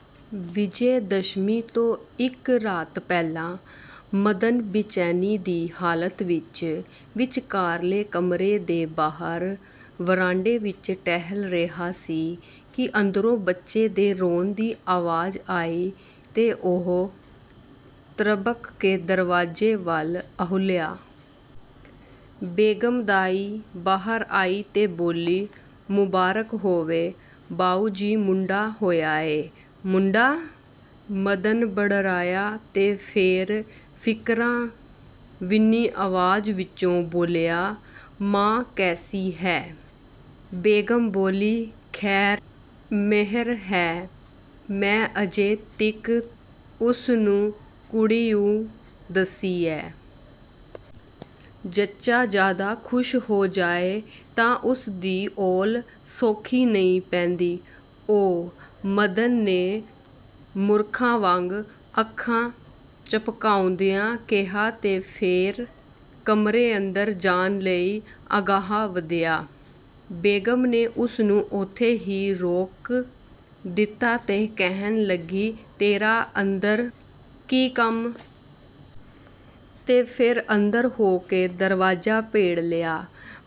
' ਵਿਜੈ ਦਸ਼ਵੀਂ ਤੋਂ ਇਕ ਰਾਤ ਪਹਿਲਾਂ ਮਦਨ ਬੇਚੈਨੀ ਦੀ ਹਾਲਤ ਵਿਚ ਵਿਚਕਾਰਲੇ ਕਮਰੇ ਦੇ ਬਾਹਰ ਵਰਾਂਡੇ ਵਿਚ ਟਹਿਲ ਰਿਹਾ ਸੀ ਕਿ ਅੰਦਰੋਂ ਬੱਚੇ ਦੇ ਰੋਣ ਦੀ ਆਵਾਜ਼ ਆਈ ਤੇ ਉਹ ਤ੍ਰਬਕ ਕੇ ਦਰਵਾਜ਼ੇ ਵੱਲ ਅਹੁਲਿਆ। ਬੇਗਮ ਦਾਈ ਬਾਹਰ ਆਈ ਤੇ ਬੋਲੀ-"ਮੁਬਾਰਕ ਹੋਵੇ ਬਾਊਜੀ, ਮੁੰਡਾ ਹੋਇਆ ਏ। " "ਮੁੰਡਾ? " ਮਦਨ ਬੜਰਾਇਆ ਤੇ ਫੇਰ ਫਿਕਰਾਂ ਵਿੰਨ੍ਹੀ ਆਵਾਜ਼ ਵਿਚੋ ਬੋਲਿਆ-"ਮਾਂ ਕੈਸੀ ਹੈ? " ਬੇਗਮ ਬੋਲੀ-"ਖ਼ੈਰ ਮਿਹਰ ਏ, ਮੈਂ ਅਜੇ ਤੀਕ ਉਸਨੂੰ ਕੁੜੀ ਓ ਦੱਸੀ ਏ। ਜੱਚਾ ਜ਼ਿਆਦਾ ਖੁਸ਼ ਹੋ ਜਾਏ ਤਾਂ ਉਸਦੀ ਔਲ ਸੌਖੀ ਨਹੀਂ ਪੈਂਦੀ। " "ਓ… " ਮਦਨ ਨੇ ਮੂਰਖਾਂ ਵਾਂਗ ਅੱਖਾਂ ਝਪਕਾਉਂਦਿਆਂ ਕਿਹਾ ਤੇ ਫੇਰ ਕਮਰੇ ਅੰਦਰ ਜਾਣ ਲਈ ਅਗਾਂਹ ਵਧਿਆ। ਬੇਗਮ ਨੇ ਉਸਨੂੰ ਉੱਥੇ ਹੀ ਰੋਕ ਦਿਤਾ ਤੇ ਕਹਿਣ ਲੱਗੀ- "ਤੇਰਾ ਅੰਦਰ ਕੀ ਕੰਮ? " ਤੇ ਫੇਰ ਅੰਦਰ ਹੋ ਕੇ ਦਰਵਾਜ਼ਾ ਭੇੜ ਲਿਆ।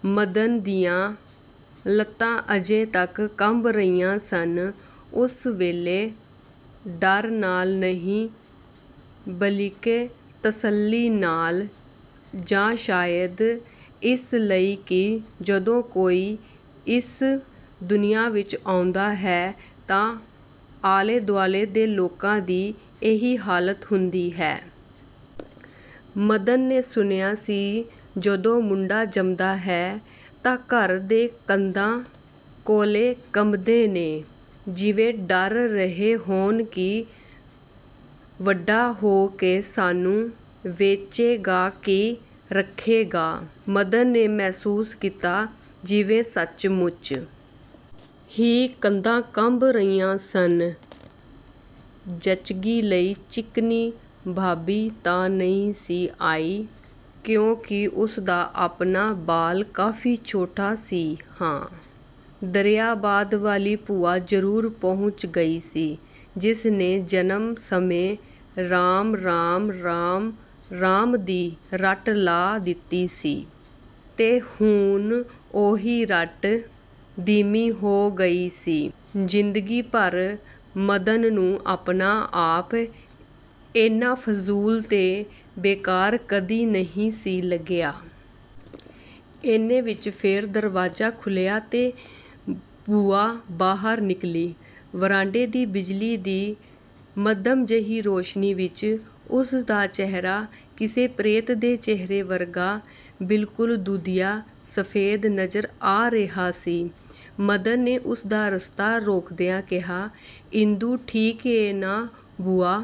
ਮਦਨ ਦੀਆਂ ਲੱਤਾਂ ਅਜੇ ਤਕ ਕੰਬ ਰਹੀਆਂ ਸਨ। ਉਸ ਵੇਲੇ ਡਰ ਨਾਲ ਨਹੀਂ ਬਲਿਕੇ ਤਸੱਲੀ ਨਾਲ ਜਾਂ ਸ਼ਾਇਦ ਇਸ ਲਈ ਕਿ ਜਦੋਂ ਕੋਈ ਇਸ ਦੁਨੀਆਂ ਵਿਚ ਆਉਂਦਾ ਹੈ ਤਾਂ ਆਲੇ ਦੁਆਲੇ ਦੇ ਲੋਕਾਂ ਦੀ ਇਹੀ ਹਾਲਤ ਹੁੰਦੀ ਹੈ। ਮਦਨ ਨੇ ਸੁਣਿਆ ਸੀ, ਜਦੋਂ ਮੁੰਡਾ ਜੰਮਦਾ ਹੈ ਤਾਂ ਘਰ ਦੇ ਕੰਧਾਂ ਕੌਲੇ ਕੰਬਦੇ ਨੇ। ਜਿਵੇਂ ਡਰ ਰਹੇ ਹੋਣ ਕਿ ਵੱਡਾ ਹੋ ਕੇ ਸਾਨੂੰ ਵੇਚੇਗਾ ਕਿ ਰੱਖੇਗਾ। ਮਦਨ ਨੇ ਮਹਿਸੂਸ ਕੀਤਾ, ਜਿਵੇਂ ਸੱਚਮੁੱਚ ਹੀ ਕੰਧਾਂ ਕੰਬ ਰਹੀਆਂ ਸਨ… ਜੱਚਗੀ ਲਈ ਚਿਕਨੀ ਭਾਬੀ ਤਾਂ ਨਹੀਂ ਸੀ ਆਈ ਕਿਉਂਕਿ ਉਸਦਾ ਆਪਣਾ ਬਾਲ ਕਾਫੀ ਛੋਟਾ ਸੀ-ਹਾਂ, ਦਰਿਆਬਾਦ ਵਾਲੀ ਭੂਆ ਜ਼ਰੂਰ ਪਹੁੰਚ ਗਈ ਸੀ, ਜਿਸਨੇ ਜਨਮ ਸਮੇਂ 'ਰਾਮ–ਰਾਮ, ਰਾਮ–ਰਾਮ' ਦੀ ਰਟ ਲਾ ਦਿਤੀ ਸੀ ਤੇ ਹੁਣ ਉਹੀ ਰਟ ਧੀਮੀ ਹੋ ਗਈ ਸੀ… ਜ਼ਿੰਦਗੀ ਭਰ ਮਦਨ ਨੂੰ ਆਪਣਾ ਆਪ ਏਨਾ ਫਜ਼ੂਲ ਤੇ ਬੇਕਾਰ ਕਦੀ ਨਹੀਂ ਸੀ ਲੱਗਿਆ। ਏਨੇ ਵਿਚ ਫੇਰ ਦਰਵਾਜ਼ਾ ਖੁੱਲ੍ਹਿਆ ਤੇ ਭੂਆ ਬਾਹਰ ਨਿਕਲੀ। ਵਰਾਂਡੇ ਦੀ ਬਿਜਲੀ ਦੀ ਮੱਧਮ ਜਿਹੀ ਰੌਸ਼ਨੀ ਵਿਚ ਉਸਦਾ ਚਿਹਰਾ ਕਿਸੇ ਪ੍ਰੇਤ ਦੇ ਚਿਹਰੇ ਵਰਗਾ-ਬਿਲਕੁਲ ਦੁਧੀਆ–ਸਫ਼ੇਦ- ਨਜ਼ਰ ਆ ਰਿਹਾ ਸੀ। ਮਦਨ ਨੇ ਉਸਦਾ ਰਸਤਾ ਰੋਕਦਿਆਂ ਕਿਹਾ- "ਇੰਦੂ ਠੀਕ ਏ ਨਾ ਭੂਆ?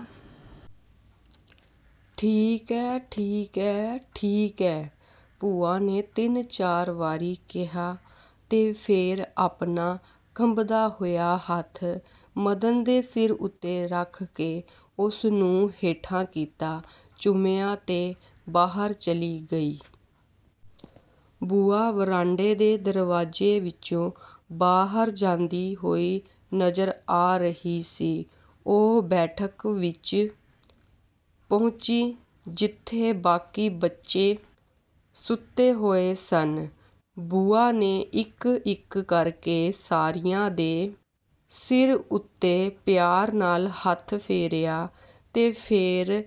" "ਠੀਕ ਐ, ਠੀਕ ਐ, ਠੀਕ ਐ… " ਭੂਆ ਨੇ ਤਿੰਨ ਚਾਰ ਵਾਰੀ ਕਿਹਾ ਤੇ ਫੇਰ ਆਪਣਾ ਖੰਬਦਾ ਹੋਇਆ ਹੱਥ ਮਦਨ ਦੇ ਸਿਰ ਉੱਤੇ ਰੱਖ ਕੇ ਉਸਨੂੰ ਹੇਠਾਂ ਕੀਤਾ, ਚੁੰਮਿਆਂ ਤੇ ਬਾਹਰ ਚਲੀ ਗਈ। ਭੂਆ ਵਰਾਂਡੇ ਦੇ ਦਰਵਾਜ਼ੇ ਵਿਚੋਂ ਬਾਹਰ ਜਾਂਦੀ ਹੋਈ ਨਜ਼ਰ ਆ ਰਹੀ ਸੀ। ਉਹ ਬੈਠਕ ਵਿਚ ਪਹੁੰਚੀ, ਜਿੱਥੇ ਬਾਕੀ ਬੱਚੇ ਸੁੱਤੇ ਹੋਏ ਸਨ। ਭੂਆ ਨੇ ਇਕ ਇਕ ਕਰਕੇ ਸਾਰਿਆਂ ਦੇ ਸਿਰ ਉੱਤੇ ਪਿਆਰ ਨਾਲ ਹੱਥ ਫੇਰਿਆ ਤੇ ਫੇਰ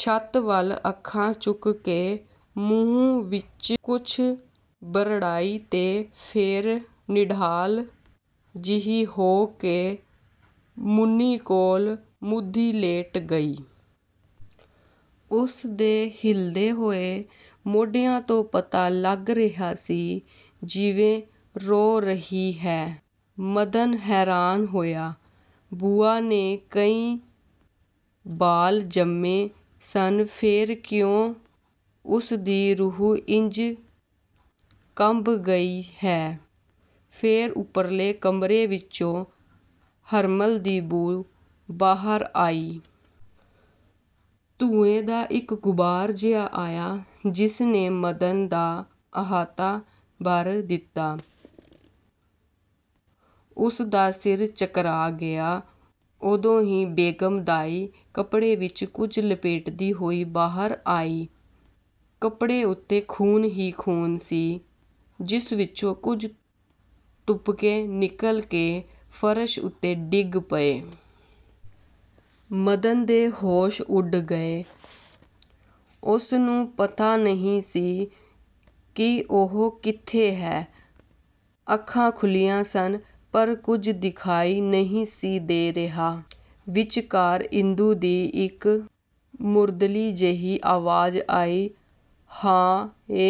ਛੱਤ ਵੱਲ ਅੱਖਾਂ ਚੁੱਕ ਕੇ ਮੂੰਹ ਵਿਚ ਕੁਝ ਬਰੜਾਈ ਤੇ ਫੇਰ ਨਿਢਾਲ ਜਿਹੀ ਹੋ ਕੇ ਮੁੰਨੀ ਕੋਲ ਮੂਧੀ ਲੇਟ ਗਈ। ਉਸਦੇ ਹਿੱਲਦੇ ਹੋਏ ਮੋਢਿਆਂ ਤੋਂ ਪਤਾ ਲੱਗ ਰਿਹਾ ਸੀ ਜਿਵੇਂ ਰੋ ਰਹੀ ਹੈ। ਮਦਨ ਹੈਰਾਨ ਹੋਇਆ! ਭੂਆ ਨੇ ਕਈ ਬਾਲ ਜੰਮੇ ਸਨ ਫੇਰ ਕਿਉਂ ਉਸਦੀ ਰੂਹ ਇੰਜ ਕੰਬ ਗਈ ਹੈ…? ਫੇਰ ਉਪਰਲੇ ਕਮਰੇ ਵਿਚੋਂ ਹਰਮਲ ਦੀ ਬੂ ਬਾਹਰ ਆਈ। ਧੂੰਏ ਦਾ ਇਕ ਗੁਬਾਰ ਜਿਹਾ ਆਇਆ, ਜਿਸਨੇ ਮਦਨ ਦਾ ਅਹਾਤਾ ਭਰ ਦਿਤਾ। ਉਸਦਾ ਸਿਰ ਚਕਰਾ ਗਿਆ। ਉਦੋਂ ਹੀ ਬੇਗਮ ਦਾਈ ਕਪੜੇ ਵਿਚ ਕੁਝ ਲਪੇਟਦੀ ਹੋਈ ਬਾਹਰ ਆਈ। ਕਪੜੇ ਉੱਤੇ ਖ਼ੂਨ ਹੀ ਖ਼ੂਨ ਸੀ, ਜਿਸ ਵਿਚੋਂ ਕੁਝ ਤੁਪਕੇ ਨਿਕਲ ਕੇ ਫਰਸ਼ ਉੱਤੇ ਡਿੱਗ ਪਏ। ਮਦਨ ਦੇ ਹੋਸ਼ ਉੱਡ ਗਏ। ਉਸਨੂੰ ਪਤਾ ਨਹੀਂ ਸੀ ਕਿ ਉਹ ਕਿੱਥੇ ਹੈ! ਅੱਖਾਂ ਖੁੱਲ੍ਹੀਆਂ ਸਨ, ਪਰ ਕੁਝ ਦਿਖਾਈ ਨਹੀਂ ਸੀ ਦੇ ਰਿਹਾ। ਵਿਚਕਾਰ ਇੰਦੂ ਦੀ ਇਕ ਮੁਰਦਲੀ ਜਿਹੀ ਆਵਾਜ਼ ਆਈ-"ਹਾ–ਏ…